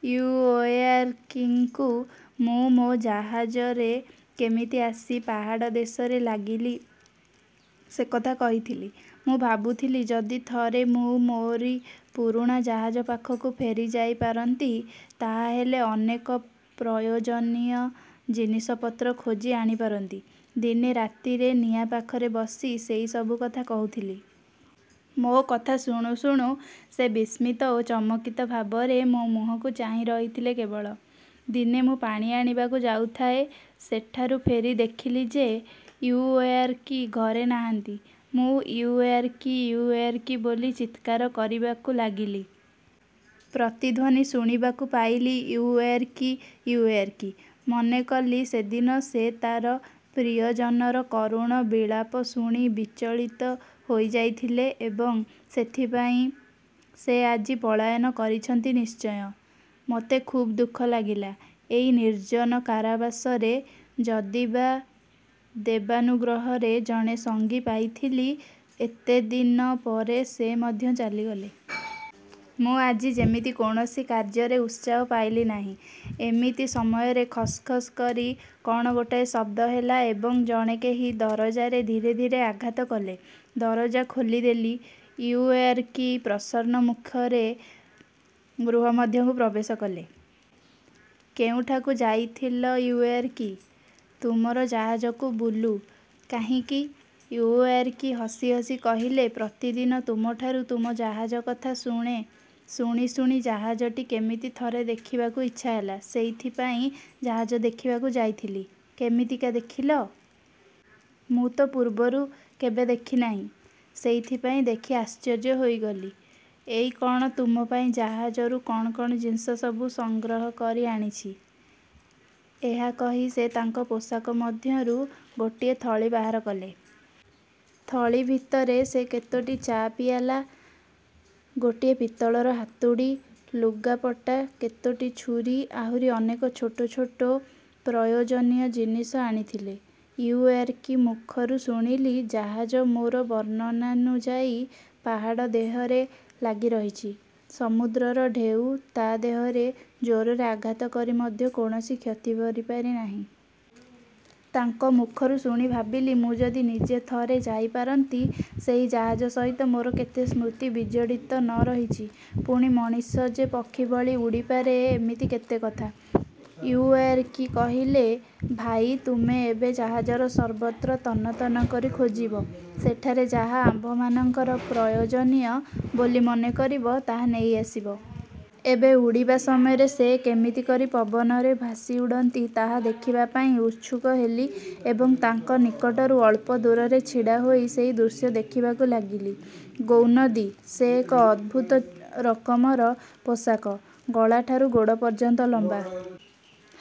'' ଇଉଓୟାରକିଙ୍କୁ ମୁଁ ମୋ ଜାହାଜରେ କେମିତି ଆସି ପାହାଡ଼ ଦେଶରେ ଲାଗିଲି, ସେକଥା କହିଥିଲି। ମୁଁ ଭାବୁଥିଲି, ଯଦି ଥରେ ମୁଁ ମୋରି ପୁରୁଣା ଜାହାଜ ପାଖକୁ ଫେରି ଯାଇପାରନ୍ତି, ତାହାହେଲେ ଅନେକ ପ୍ରୟୋଜନୀୟ ଜିନିଷପତ୍ର ଖୋଜି ଆଣିପାରନ୍ତି। ଦିନେ ରାତିରେ ନିଆଁ ପାଖରେ ବସି ସେଇ ସବୁକଥା କହୁଥିଲି। ମୋ କଥା ଶୁଣୁ ଶୁଣୁ ସେ ବିସ୍ମିତ ଓ ଚମକିତ ଭାବରେ ମୋ ମୁହଁକୁ ଚାହିଁ ରହିଥିଲେ କେବଳ। ଦିନେ ମୁଁ ପାଣି ଆଣିବାକୁ ଯାଉଥାଏ, ସେଠାରୁ ଫେରି ଦେଖିଲି ଯେ, ଇଉଓୟାରକି ଘରେ ନାହାନ୍ତି। ମୁଁ ଇଉଓୟାରକି, ଇଉଓୟାରକି ବୋଲି ଚିତ୍କାର କରିବାକୁ ଲାଗିଲି। ପ୍ରତିଧ୍ୱନି ଶୁଣିବାକୁ ପାଇଲି ଇଉଓୟାରକି, ଇଉଓୟାରକି। ମନେକଲି ସେଦିନ ସେ ତା'ର ପ୍ରିୟଜନର କରୁଣ ବିଳାପ ଶୁଣି ବିଚଳିତ ହୋଇଯାଇଥିଲେ ଏବଂ ସେଥିପାଇଁ ସେ ଆଜି ପଳାୟନ କରିଛନ୍ତି ନିଶ୍ଚୟ। ମୋତେ ଖୁବ୍ ଦୁଃଖ ଲାଗିଲା। ଏଇ ନିର୍ଜନ କାରାବାସରେ ଯଦିବା ଦେବାନୁଗ୍ରହରେ ଜଣେ ସଙ୍ଗୀ ପାଇଥିଲି, ଏତେଦିନ ପରେ ସେ ମଧ୍ୟ ଚାଲିଗଲେ। ମୁଁ ଆଜି ଯେମିତି କୌଣସି କାର୍ଯ୍ୟରେ ଉତ୍ସାହ ପାଇଲି ନାହିଁ। ଏମିତି ସମୟରେ ଖସ୍ ଖସ୍ କରି କ'ଣ ଗୋଟାଏ ଶବ୍ଦ ହେଲା ଏବଂ ଜଣେ କେହି ଦରଜାରେ ଧୀରେ ଧୀରେ ଆଘାତ କଲେ। ଦରଜା ଖୋଲିଦେଲି, ଇଉଓୟାରକି ପ୍ରସନ୍ନ ମୁଖରେ ଗୃହ ମଧ୍ୟକୁ ପ୍ରବେଶ କଲେ। ''କେଉଁଠାକୁ ଯାଇଥିଲ ଇଉଓୟାରକି? '' ''ତୁମରି ଜାହାଜକୁ ବୁଲୁ। '' ''କାହିଁକି? '' ଇଉଓୟାରକି ହସି ହସି କହିଲେ, ''ପ୍ରତିଦିନ ତୁମଠାରୁ ତୁମ ଜାହାଜ କଥା ଶୁଣେ। ଶୁଣି ଶୁଣି ଜାହାଜଟି କେମିତି ଥରେ ଦେଖିବାକୁ ଇଚ୍ଛା ହେଲା, ସେଇଥିପାଇଁ ଜାହାଜ ଦେଖିବାକୁ ଯାଇଥିଲି। '' ''କେମିତିକା ଦେଖିଲ? '' ''ମୁଁ ତ ପୂର୍ବରୁ କେବେ ଦେଖି ନାହିଁ। ସେଇଥିପାଇଁ ଦେଖି ଆଶ୍ଚର୍ଯ୍ୟ ହୋଇଗଲି। ଏଇ କ'ଣ ତୁମପାଇଁ ଜାହାଜରୁ କ'ଣ କ'ଣ ଜିନିଷ ସବୁ ସଂଗ୍ରହ କରି ଆଣିଛି। '' ଏହା କହି ସେ ତାଙ୍କ ପୋଷାକ ମଧ୍ୟରୁ ଗୋଟିଏ ଥଳି ବାହାର କଲେ। ଥଳି ଭିତରେ ସେ କେତୋଟି ଚା' ପିଆଲା, ଗୋଟିଏ ପିତଳର ହାତୁଡ଼ି, ଲୁଗାପଟା କେତୋଟି ଛୁରି, ଆହୁରି ଅନେକ ଛୋଟ ଛୋଟ ପ୍ରୟୋଜନୀୟ ଜିନିଷ ଆଣିଥିଲେ। ଇଉଓୟାରକି ମୁଖରୁ ଶୁଣିଲି, ଜାହାଜ ମୋର ବର୍ଣ୍ଣନାନୁଯାୟୀ ପାହାଡ଼ ଦେହରେ ଲାଖିରହିଛି। ସମୁଦ୍ରର ଢେଉ ତା' ଦେହରେ ଜୋରରେ ଆଘାତ କରି ମଧ୍ୟ କୌଣସି କ୍ଷତି କରିପାରି ନାହିଁ। ତାଙ୍କ ମୁଖରୁ ଶୁଣି ଭାବିଲି, ମୁଁ ଯଦି ନିଜେ ଥରେ ଯାଇପାରନ୍ତି, ସେହି ଜାହାଜ ସହିତ ମୋର କେତେ ସ୍ମୃତି ବିଜଡ଼ିତ ନ ରହିଛି। ପୁଣି ମଣିଷ ଯେ ପକ୍ଷୀଭଳି ଉଡ଼ିପାରେ ଏମିତି କେତେ କଥା। ଇଉଓୟାରକି କହିଲେ ''ଭାଇ, ତୁମେ ଏବେ ଜାହାଜର ସର୍ବତ୍ର ତନ୍ନ ତନ୍ନ କରି ଖୋଜିବ, ସେଠାରେ ଯାହା ଆମ୍ଭମାନଙ୍କର ପ୍ରୟୋଜନୀୟ ବୋଲି ମନେ କରିବ, ତାହା ନେଇ ଆସିବ। '' ଏବେ ଉଡ଼ିବା ସମୟରେ ସେ କେମିତି କରି ପବନରେ ଭାସିଉଠନ୍ତି, ତାହା ଦେଖିବାପାଇଁ ଉତ୍ସୁକ ହେଲି ଏବଂ ତାଙ୍କ ନିକଟରୁ ଅଳ୍ପ ଦୂରରେ ଛିଡ଼ା ହୋଇ ସେଇ ଦୃଶ୍ୟ ଦେଖିବାକୁ ଲାଗିଲି। ''ଗ୍ରୌନଦି' ସେ ଏକ ଅଦ୍ଭୁତ ରକମର ପୋଷାକ। ଗଳାଠାରୁ ଗୋଡ଼ ପର୍ଯ୍ୟନ୍ତ ଲମ୍ବା।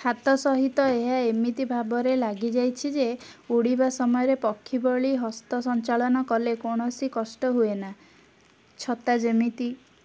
ହାତ ସହିତ ଏହା ଏମିତି ଭାବରେ ଲାଗିଯାଇଛି ଯେ, ଉଡ଼ିବା ସମୟରେ ପକ୍ଷୀଭଳି ହସ୍ତ ସଂଚାଳନ କଲେ କୌଣସି କଷ୍ଟ ହୁଏନା। ଛତା ଯେମିତି